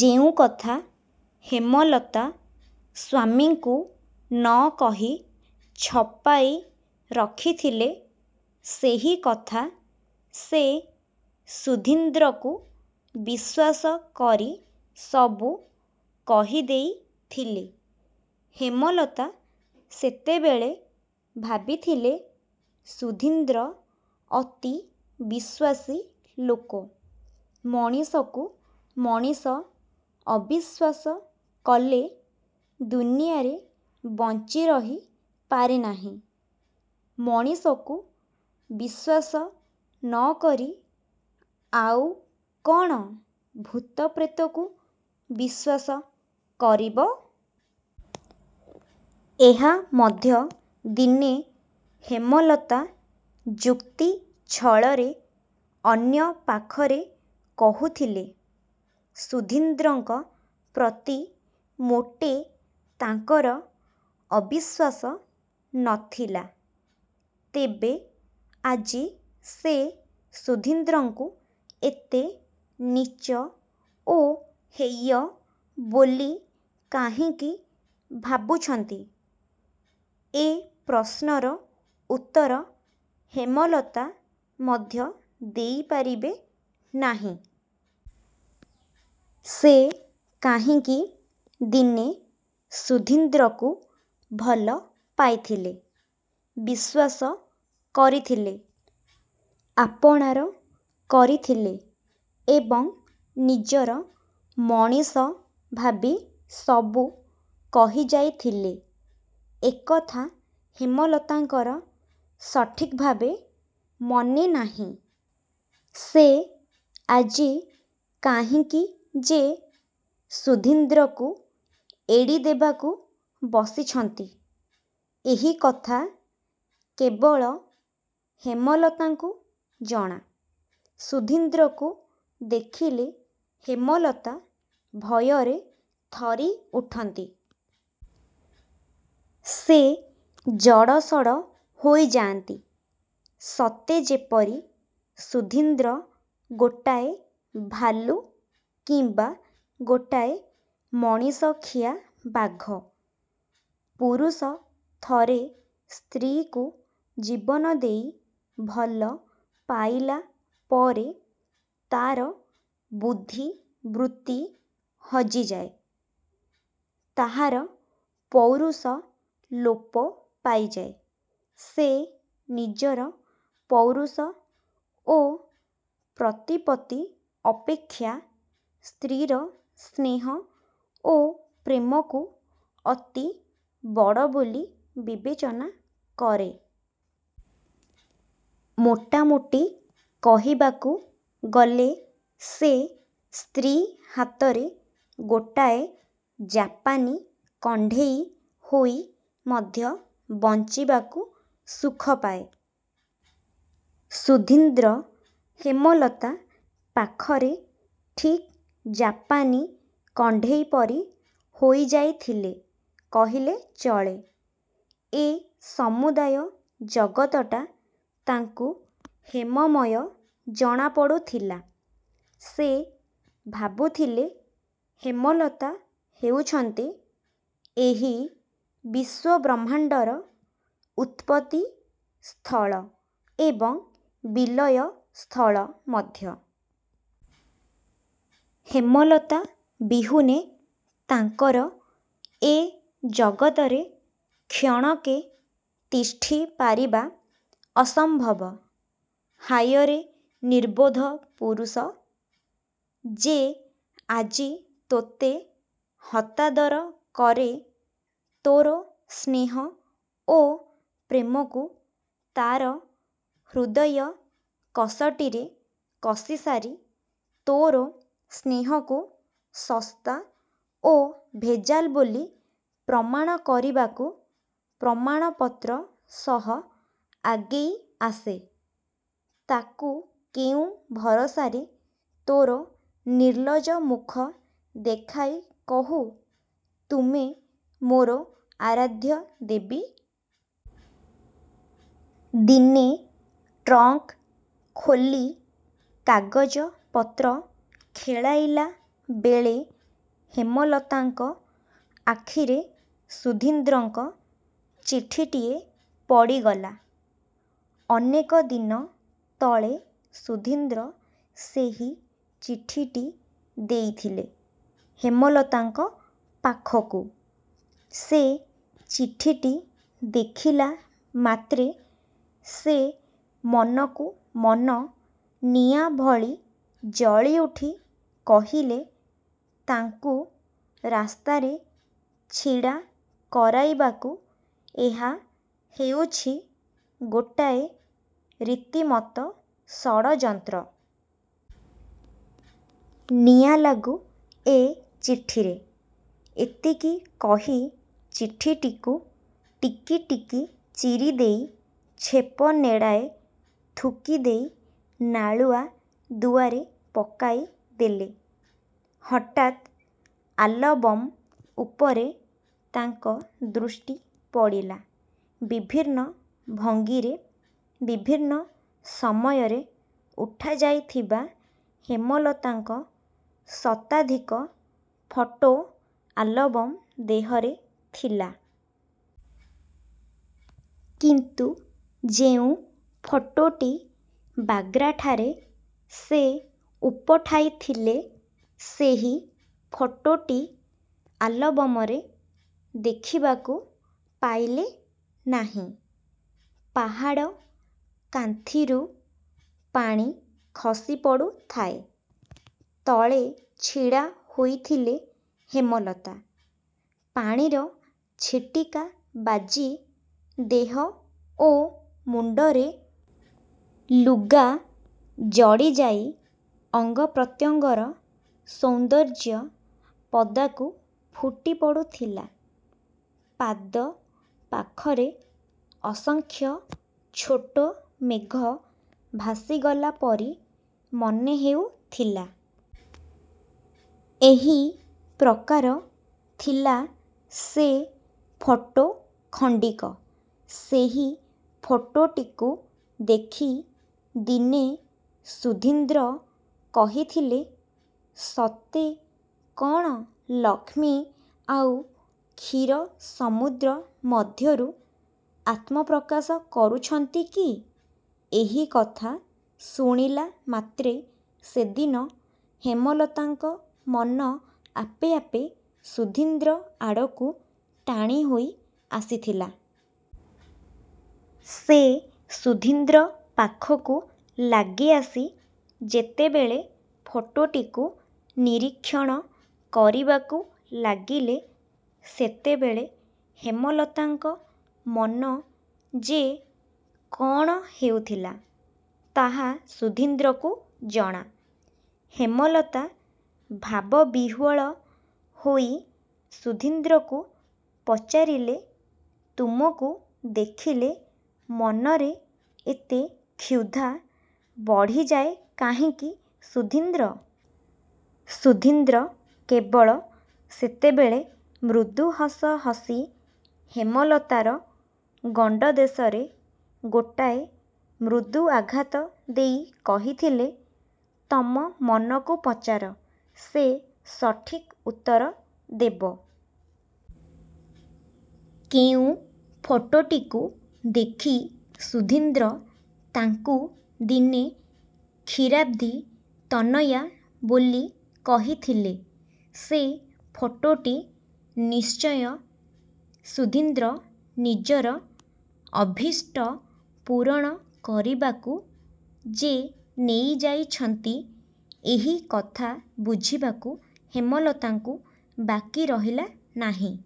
ଯେଉଁକଥା ହେମଲତା ସ୍ୱାମୀଙ୍କୁ ନ କହି ଛପାଇ ରଖିଥିଲେ, ସେହି କଥା ସେ ସୁଧୀନ୍ଦ୍ରକୁ ବିଶ୍ୱାସ କରି ସବୁ କହିଦେଇଥିଲେ। ହେମଲତା ସେତେବେଳେ ଭାବିଥିଲେ, ସୁଧୀନ୍ଦ୍ର ଅତି ବିଶ୍ୱାସୀ ଲୋକ। ମଣିଷକୁ ମଣିଷ ଅବିଶ୍ୱାସ କଲେ ଦୁନିଆରେ ବଞ୍ଚିରହି ପାରେନାହିଁ। ମଣିଷକୁ ବିଶ୍ୱାସ ନ କରି ଆଉ କ'ଣ ଭୂତପ୍ରେତକୁ ବିଶ୍ୱାସ କରିବ? ଏହା ମଧ୍ୟ ଦିନେ ହେମଲତା ଯୁକ୍ତି ଛଳରେ ଅନ୍ୟପାଖରେ କହୁଥିଲେ। ସୁଧୀନ୍ଦ୍ରଙ୍କ ପ୍ରତି ମୋଟେ ତାଙ୍କର ଅବିଶ୍ୱାସ ନ ଥିଲା। ତେବେ ଆଜି ସେ ସୁଧୀନ୍ଦ୍ରଙ୍କୁ ଏତେ ନୀଚ ଓ ହେୟ ବୋଲି କାହିଁକି ଭାବୁଛନ୍ତି? ଏ ପ୍ରଶ୍ନର ଉତ୍ତର ହେମଲତା ମଧ୍ୟ ଦେଇପାରିବେ ନାହିଁ। ସେ କାହିଁକି ଦିନେ ସୁଧୀନ୍ଦ୍ରକୁ ଭଲ ପାଇଥିଲେ, ବିଶ୍ୱାସ କରିଥିଲେ। ଆପଣାର କରିଥିଲେ ଏବଂ ନିଜର ମଣିଷ ଭାବି ସବୁ କହିଯାଇଥିଲେ, ଏକଥା ହେମଲତାଙ୍କର ସଠିକ୍ଭାବେ ମନେନାହିଁ। ସେ ଆଜି କାହିଁକି ଯେ। ସୁଧୀନ୍ଦ୍ରକୁ ଏଡ଼ିଦେବାକୁ ବସିଛନ୍ତି, ଏହିକଥା କେବଳ ହେମଲତାଙ୍କୁ ଜଣା। ସୁଧୀନ୍ଦ୍ରକୁ ଦେଖିଲେ ହେମଲତା ଭୟରେ ଥରିଉଠନ୍ତି। ସେ ଜଡ଼ସଡ଼ ହୋଇଯାଆନ୍ତି। ସତେଯେପରି ସୁଧୀନ୍ଦ୍ର ଗୋଟାଏ ଭାଲୁ କିମ୍ବା ଗୋଟାଏ ମଣିଷଖିଆ ବାଘ। ପୁରୁଷ ଥରେ ସ୍ତ୍ରୀକୁ ଜୀବନଦେଇ ଭଲ ପାଇଲା ପରେ ତା'ର ବୁଦ୍ଧିବୃତ୍ତି ହଜିଯାଏ। ତାହାର ପୌରୁଷ ଲୋପ ପାଇଯାଏ। ସେ ନିଜର ପୌରୁଷ ଓ ପ୍ରତିପତ୍ତି ଅପେକ୍ଷା ସ୍ତ୍ରୀର ସ୍ନେହ ଓ ପ୍ରେମକୁ ଅତି ବଡ଼ ବୋଲି ବିବେଚନା କରେ। ମୋଟାମୋଟି କହିବାକୁ ଗଲେ ସେ ସ୍ତ୍ରୀ ହାତରେ ଗୋଟାଏ ଜାପାନୀ କଣ୍ଢେଇ ହୋଇ ମଧ୍ୟ ବଞ୍ଚିବାକୁ ସୁଖପାଏ। ସୁଧୀନ୍ଦ୍ର ହେମଲତା ପାଖରେ ଠିକ୍ ଜାପାନୀ କଣ୍ଢେଇ ପରି ହୋଇଯାଇଥିଲେ କହିଲେ ଚଳେ। ଏ ସମୁଦାୟ ଜଗତଟା ତାଙ୍କୁ ହେମମୟ ଜଣାପଡ଼ୁଥିଲା। ସେ ଭାବୁଥିଲେ ହେମଲତା ହେଉଛନ୍ତି ଏହି ବିଶ୍ୱବ୍ରହ୍ମାଣ୍ଡର ଉତ୍ପତ୍ତି ସ୍ଥଳ ଏବଂ ବିଲୟ ସ୍ଥଳ ମଧ୍ୟ। ହେମଲତା ବିହୁନେ ତାଙ୍କର ଏ ଜଗତରେ କ୍ଷଣକେ ତିଷ୍ଠିପାରିବା ଅସମ୍ଭବ। ହାୟରେ ନିର୍ବୋଧ ପୁରୁଷ! ଯେ ଆଜି ତୋତେ ହତାଦର କରେ, ତୋର ସ୍ନେହ ଓ ପ୍ରେମକୁ ତା'ର ହୃଦୟ କଷଟିରେ କଷିସାରି ତୋର ସ୍ନେହକୁ ଶସ୍ତା ଓ ଭେଜାଲ ବୋଲି ପ୍ରମାଣ କରିବାକୁ ପ୍ରମାଣପତ୍ର ସହ ଆଗେଇଆସେ, ତାକୁ କେଉଁ ଭରସାରେ ତୋର ନିର୍ଲଜ ମୁଖ ଦେଖାଇ କହୁ, ''ତୁମେ ମୋର ଆରାଧ୍ୟ ଦେବୀ? '' ଦିନେ ଟ୍ରଙ୍କ୍ ଖୋଲି କାଗଜପତ୍ର ଖେଳାଇଲା ବେଳେ ହେମଲତାଙ୍କ ଆଖିରେ ସୁଧୀନ୍ଦ୍ରଙ୍କ ଚିଠିଟିଏ ପଡ଼ିଗଲା। ଅନେକ ଦିନ ତଳେ ସୁଧୀନ୍ଦ୍ର ସେହି ଚିଠିଟି ଦେଇଥିଲେ ହେମଲତାଙ୍କ ପାଖକୁ-। ସେ ଚିଠିଟି ଦେଖିଲା ମାତ୍ରେ ସେ ମନକୁ ମନ ନିଆଁ ଭଳି ଜଳିଉଠି କହିଲେ, ''ତାଙ୍କୁ ରାସ୍ତାରେ ଛିଡ଼ା କରାଇବାକୁ ଏହା ହେଉଛି ଗୋଟାଏ ରୀତିମତ ଷଡ଼ଯନ୍ତ୍ର। ନିଆଁଲାଗୁ ଏ ଚିଠିରେ। '' ଏତିକି କହି ଚିଠିଟିକୁ ଟିକି ଟିକି ଚିରିଦେଇ ଛେପ ନେଡ଼ାଏ ଥୁକିଦେଇ ନାଳୁଆ ଦୁଆରେ ପକାଇ ଦେଲେ। ହଠାତ୍ ଆଲବମ୍ ଉପରେ ତାଙ୍କ ଦୃଷ୍ଟି ପଡ଼ିଲା। ବିଭିନ୍ନ ଭଙ୍ଗିରେ, ବିଭିନ୍ନ ସମୟରେ ଉଠାଯାଇଥିବା ହେମଲତାଙ୍କ ଶତାଧିକ ଫଟୋ ଆଲବମ୍ ଦେହରେ ଥିଲା। କିନ୍ତୁ ଯେଉଁ ଫଟୋଟି ବାଗ୍ରାଠାରେ ସେ ଉପଠାଇଥିଲେ ସେହି ଫଟୋଟି ଆଲବମରେ ଦେଖିବାକୁ ପାଇଲେ ନାହିଁ। ପାହାଡ଼ କାନ୍ଥିରୁ ପାଣି ଖସିପଡ଼ୁଥାଏ। ତଳେ ଛିଡ଼ା ହୋଇଥିଲେ ହେମଲତା। ପାଣିର ଛିଟିକା ବାଜି ଦେହ ଓ ମୁଣ୍ଡରେ ଲୁଗା ଜଡ଼ିଯାଇ ଅଙ୍ଗପ୍ରତ୍ୟଙ୍ଗର ସୌନ୍ଦର୍ଯ୍ୟ ପଦାକୁ ଫୁଟିପଡ଼ୁଥିଲା। ପାଦ ପାଖରେ ଅସଂଖ୍ୟ ଛୋଟ ମେଘ ଭାସିଗଲାପରି ମନେହେଉଥିଲା। ଏହି ପ୍ରକାର ଥିଲା ସେ ଫଟୋ ଖଣ୍ଡିକ। ସେହି ଫଟୋଟିକୁ ଦେଖି ଦିନେ ସୁଧୀନ୍ଦ୍ର କହିଥିଲେ, ''ସତେ କ'ଣ ଲକ୍ଷ୍ମୀ ଆଉ କ୍ଷୀରସମୁଦ୍ର ମଧ୍ୟରୁ ଆତ୍ମପ୍ରକାଶ କରୁଛନ୍ତି କି? '' ଏହିକଥା ଶୁଣିଲାମାତ୍ରେ ସେଦିନ ହେମଲତାଙ୍କ ମନ ଆପେ ଆପେ ସୁଧୀନ୍ଦ୍ର ଆଡ଼କୁ ଟାଣିହୋଇ ଆସିଥିଲା। ସେ ସୁଧୀନ୍ଦ୍ର ପାଖକୁ ଲାଗିଆସି ଯେତେବେଳେ ଫଟୋଟିକୁ ନିରୀକ୍ଷଣ କରିବାକୁ ଲାଗିଲେ, ସେତେବେଳେ ହେମଲତାଙ୍କ ମନ ଯେ କ'ଣ ହେଉଥିଲା, ତାହା ସୁଧୀନ୍ଦ୍ରକୁ ଜଣା। ହେମଲତା ଭାବବିହ୍ୱଳ ହୋଇ ସୁଧୀନ୍ଦ୍ରକୁ ପଚାରିଲେ, ''ତୁମକୁ ଦେଖିଲେ ମନରେ ଏତେ କ୍ଷୁଧା ବଢ଼ିଯାଏ କାହିଁକି ସୁଧୀନ୍ଦ୍ର? '' ସୁଧୀନ୍ଦ୍ର କେବଳ ସେତେବେଳେ ମୃଦୁ ହସ ହସି ହେମଲତାର ଗଣ୍ଡ ଦେଶରେ ଗୋଟାଏ ମୃଦୁ ଆଘାତ ଦେଇ କହିଥିଲେ, ''ତମ ମନକୁ ପଚାର, ସେ ସଠିକ୍ ଉତ୍ତର ଦେବ। '' କେଉଁ ଫଟୋଟିକୁ ଦେଖି ସୁଧୀନ୍ଦ୍ର ତାଙ୍କୁ ଦିନେ କ୍ଷୀରାବ୍ଧି ତନୟା ବୋଲି କହିଥିଲେ ସେ ଫଟୋଟି ନିଶ୍ଚୟ ସୁଧୀନ୍ଦ୍ର ନିଜର ଅଭିଷ୍ଟ ପୂରଣ କରିବାକୁ ଯେ ନେଇଯାଇଛନ୍ତି, ଏହି କଥା ବୁଝିବାକୁ ହେମଲତାଙ୍କୁ ବାକିରହିଲା ନାହିଁ।